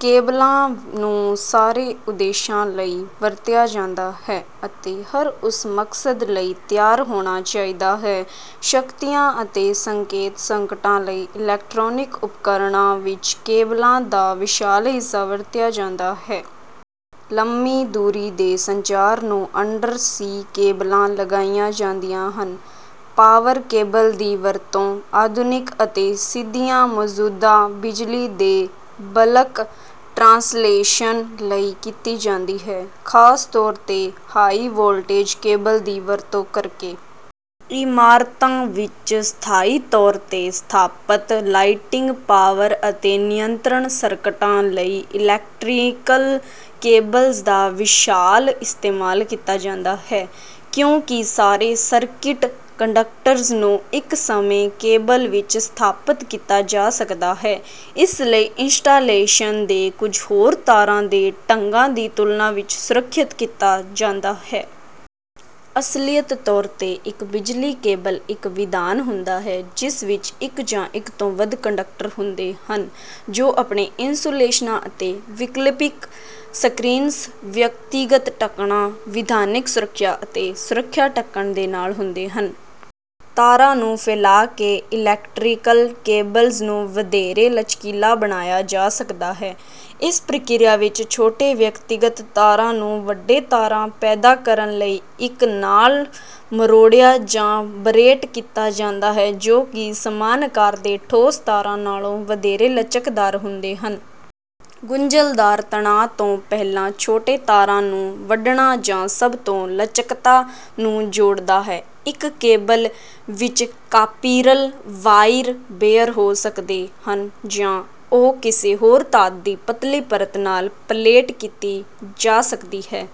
ਕੇਬਲਾਂ ਨੂੰ ਬਹੁਤ ਸਾਰੇ ਉਦੇਸ਼ਾਂ ਲਈ ਵਰਤਿਆ ਜਾਂਦਾ ਹੈ, ਅਤੇ ਹਰ ਉਸ ਮਕਸਦ ਲਈ ਤਿਆਰ ਹੋਣਾ ਚਾਹੀਦਾ ਹੈ। ਸ਼ਕਤੀਆਂ ਅਤੇ ਸੰਕੇਤ ਸੰਕਟਾਂ ਲਈ ਇਲੈਕਟ੍ਰੋਨਿਕ ਉਪਕਰਣਾਂ ਵਿੱਚ ਕੇਬਲਾਂ ਦਾ ਵਿਸ਼ਾਲ ਹਿੱਸਾ ਵਰਤਿਆ ਜਾਂਦਾ ਹੈ। ਲੰਮੀ ਦੂਰੀ ਦੇ ਸੰਚਾਰ ਨੂੰ ਅੰਡਰ ਸੀ ਕੇਬਲਾਂ ਲਗਾਇਆ ਜਾਂਦੀਆਂ ਹਨ। ਪਾਵਰ ਕੇਬਲ ਦੀ ਵਰਤੋਂ ਆਧੁਨਿਕ ਅਤੇ ਸਿੱਧੀਆਂ ਮੌਜੂਦਾ ਬਿਜਲੀ ਦੇ ਬਲਕ ਟ੍ਰਾਂਸਲੇਸ਼ਨ ਲਈ ਕੀਤੀ ਜਾਂਦੀ ਹੈ, ਖਾਸ ਤੌਰ ਤੇ ਹਾਈ-ਵੋਲਟੇਜ ਕੇਬਲ ਦੀ ਵਰਤੋਂ ਕਰਕੇ। ਇਮਾਰਤਾਂ ਵਿੱਚ ਸਥਾਈ ਤੌਰ ਤੇ ਸਥਾਪਤ ਲਾਈਟਿੰਗ, ਪਾਵਰ ਅਤੇ ਨਿਯੰਤਰਣ ਸਰਕਟਾਂ ਲਈ ਇਲੈਕਟ੍ਰੀਕਲ ਕੇਬਲਸ ਦਾ ਵਿਸ਼ਾਲ ਇਸਤੇਮਾਲ ਕੀਤਾ ਜਾਂਦਾ ਹੈ। ਕਿਉਂਕਿ ਸਾਰੇ ਸਰਕਿਟ ਕੰਡਕਟਰਜ਼ ਨੂੰ ਇੱਕ ਸਮੇਂ ਕੇਬਲ ਵਿੱਚ ਸਥਾਪਤ ਕੀਤਾ ਜਾ ਸਕਦਾ ਹੈ, ਇਸ ਲਈ ਇੰਸਟਾਲੇਸ਼ਨ ਦੇ ਕੁਝ ਹੋਰ ਤਾਰਾਂ ਦੇ ਢੰਗਾਂ ਦੀ ਤੁਲਨਾ ਵਿੱਚ ਸੁਰੱਖਿਅਤ ਕੀਤਾ ਜਾਂਦਾ ਹੈ। ਅਸਲੀਅਤ ਤੌਰ 'ਤੇ, ਇੱਕ ਬਿਜਲੀ ਕੇਬਲ ਇੱਕ ਵਿਧਾਨ ਹੁੰਦਾ ਹੈ ਜਿਸ ਵਿੱਚ ਇੱਕ ਜਾਂ ਇੱਕ ਤੋਂ ਵੱਧ ਕੰਡਕਟਰ ਹੁੰਦੇ ਹਨ ਜੋ ਆਪਣੇ ਇਨਸੂਲੇਸ਼ਨਾਂ ਅਤੇ ਵਿਕਲਪਿਕ ਸਕ੍ਰੀਨਸ, ਵਿਅਕਤੀਗਤ ਢੱਕਣਾਂ, ਵਿਧਾਨਿਕ ਸੁਰੱਖਿਆ ਅਤੇ ਸੁਰੱਖਿਆ ਢੱਕਣ ਦੇ ਨਾਲ ਹੁੰਦੇ ਹਨ। ਤਾਰਾਂ ਨੂੰ ਫੈਲਾ ਕੇ ਇਲੈਕਟ੍ਰੀਕਲ ਕੇਬਲਜ਼ ਨੂੰ ਵਧੇਰੇ ਲਚਕੀਲਾ ਬਣਾਇਆ ਜਾ ਸਕਦਾ ਹੈ। ਇਸ ਪ੍ਰਕ੍ਰਿਆ ਵਿੱਚ, ਛੋਟੇ ਵਿਅਕਤੀਗਤ ਤਾਰਾਂ ਨੂੰ ਵੱਡੇ ਤਾਰਾਂ ਪੈਦਾ ਕਰਨ ਲਈ ਇੱਕ ਨਾਲ ਮਰੋੜਿਆ ਜਾਂ ਬਰੇਟ ਕੀਤਾ ਜਾਂਦਾ ਹੈ ਜੋ ਕਿ ਸਮਾਨ ਆਕਾਰ ਦੇ ਠੋਸ ਤਾਰਾਂ ਨਾਲੋਂ ਵਧੇਰੇ ਲਚਕਦਾਰ ਹੁੰਦੇ ਹਨ। ਗੁੰਝਲਦਾਰ ਤਣਾਅ ਤੋਂ ਪਹਿਲਾਂ ਛੋਟੇ ਤਾਰਾਂ ਨੂੰ ਵੱਢਣਾ ਸਭ ਤੋਂ ਲਚਕਤਾ ਨੂੰ ਜੋੜਦਾ ਹੈ। ਇੱਕ ਕੇਬਲ ਵਿੱਚ ਕਾਪੀਰਲ ਵਾਇਰ ਬੇਅਰ ਹੋ ਸਕਦੇ ਹਨ, ਜਾਂ ਉਹ ਕਿਸੇ ਹੋਰ ਧਾਤ ਦੀ ਪਤਲੀ ਪਰਤ ਨਾਲ ਪਲੇਟ ਕੀਤੀ ਜਾ ਸਕਦੀ ਹੈ,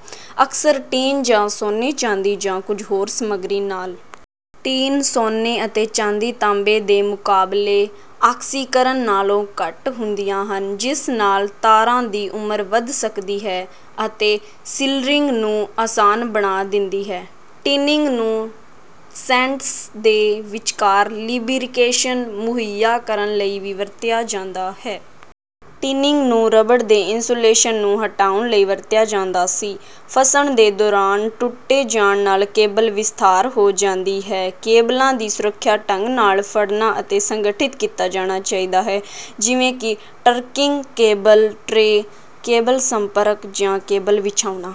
ਅਕਸਰ ਟੀਨ ਜਾਂ ਸੋਨੇ, ਚਾਂਦੀ ਜਾਂ ਕੁਝ ਹੋਰ ਸਮੱਗਰੀ ਨਾਲ। ਟੀਨ, ਸੋਨੇ ਅਤੇ ਚਾਂਦੀ ਤਾਂਬੇ ਦੇ ਮੁਕਾਬਲੇ ਆਕਸੀਕਰਨ ਨਾਲੋਂ ਘੱਟ ਹੁੰਦੀਆਂ ਹਨ, ਜਿਸ ਨਾਲ ਤਾਰਾਂ ਦੀ ਉਮਰ ਵਧ ਸਕਦੀ ਹੈ, ਅਤੇ ਸਿਲਰਿੰਗ ਨੂੰ ਆਸਾਨ ਬਣਾ ਦਿੰਦੀ ਹੈ। ਟਿਨਿੰਗ ਨੂੰ ਸੈਂਟਸ ਦੇ ਵਿਚਕਾਰ ਲਿਬਰਿਕੇਸ਼ਨ ਮੁਹੱਈਆ ਕਰਨ ਲਈ ਵੀ ਵਰਤਿਆ ਜਾਂਦਾ ਹੈ। ਟਿਨਿੰਗ ਨੂੰ ਰਬੜ ਦੇ ਇਨਸੂਲੇਸ਼ਨ ਨੂੰ ਹਟਾਉਣ ਲਈ ਵਰਤਿਆ ਜਾਂਦਾ ਸੀ। ਫੱਸਣ ਦੇ ਦੌਰਾਨ ਟੁੱਟੇ ਜਾਣ ਨਾਲ ਕੇਬਲ ਵਿਸਥਾਰ ਹੋ ਜਾਂਦੀ ਹੈ। ਕੇਬਲਾਂ ਨੂੰ ਸੁਰੱਖਿਅਤ ਢੰਗ ਨਾਲ ਫੜਨਾ ਅਤੇ ਸੰਗਠਿਤ ਕੀਤਾ ਜਾਣਾ ਚਾਹੀਦਾ ਹੈ, ਜਿਵੇਂ ਕਿ ਟਰੰਕਿੰਗ, ਕੇਬਲ ਟ੍ਰੇ, ਕੇਬਲ ਸੰਪਰਕ ਜਾਂ ਕੇਬਲ ਵਿਛਾਉਣਾ।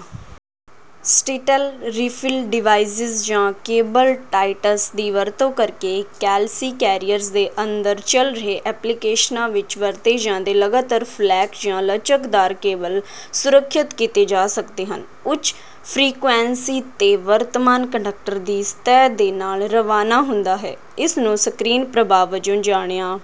ਸਟੈਿਲ ਰਿਲੀਫ ਡਿਵਾਈਸਿਸ ਜਾਂ ਕੇਬਲ ਟਾਇਟਸ ਦੀ ਵਰਤੋਂ ਕਰਕੇ ਕੈਲਸੀ ਕੈਰੀਅਰਜ਼ ਦੇ ਅੰਦਰ ਚੱਲ ਰਹੇ ਐਪਲੀਕੇਸ਼ਨਾਂ ਵਿਚ ਵਰਤੇ ਜਾਂਦੇ ਲਗਾਤਾਰ-ਫਲੈਕ ਜਾਂ ਲਚਕਦਾਰ ਕੇਬਲ ਸੁਰੱਖਿਅਤ ਕੀਤੇ ਜਾ ਸਕਦੇ ਹਨ। ਉੱਚ ਫ੍ਰੀਕੁਏਂਸੀ ਤੇ, ਵਰਤਮਾਨ ਕੰਡਕਟਰ ਦੀ ਸਤਹ ਦੇ ਨਾਲ ਰਵਾਨਾ ਹੁੰਦਾ ਹੈ। ਇਸ ਨੂੰ ਸਕਿਨ ਪ੍ਰਭਾਵ ਵਜੋਂ ਜਾਣਿਆ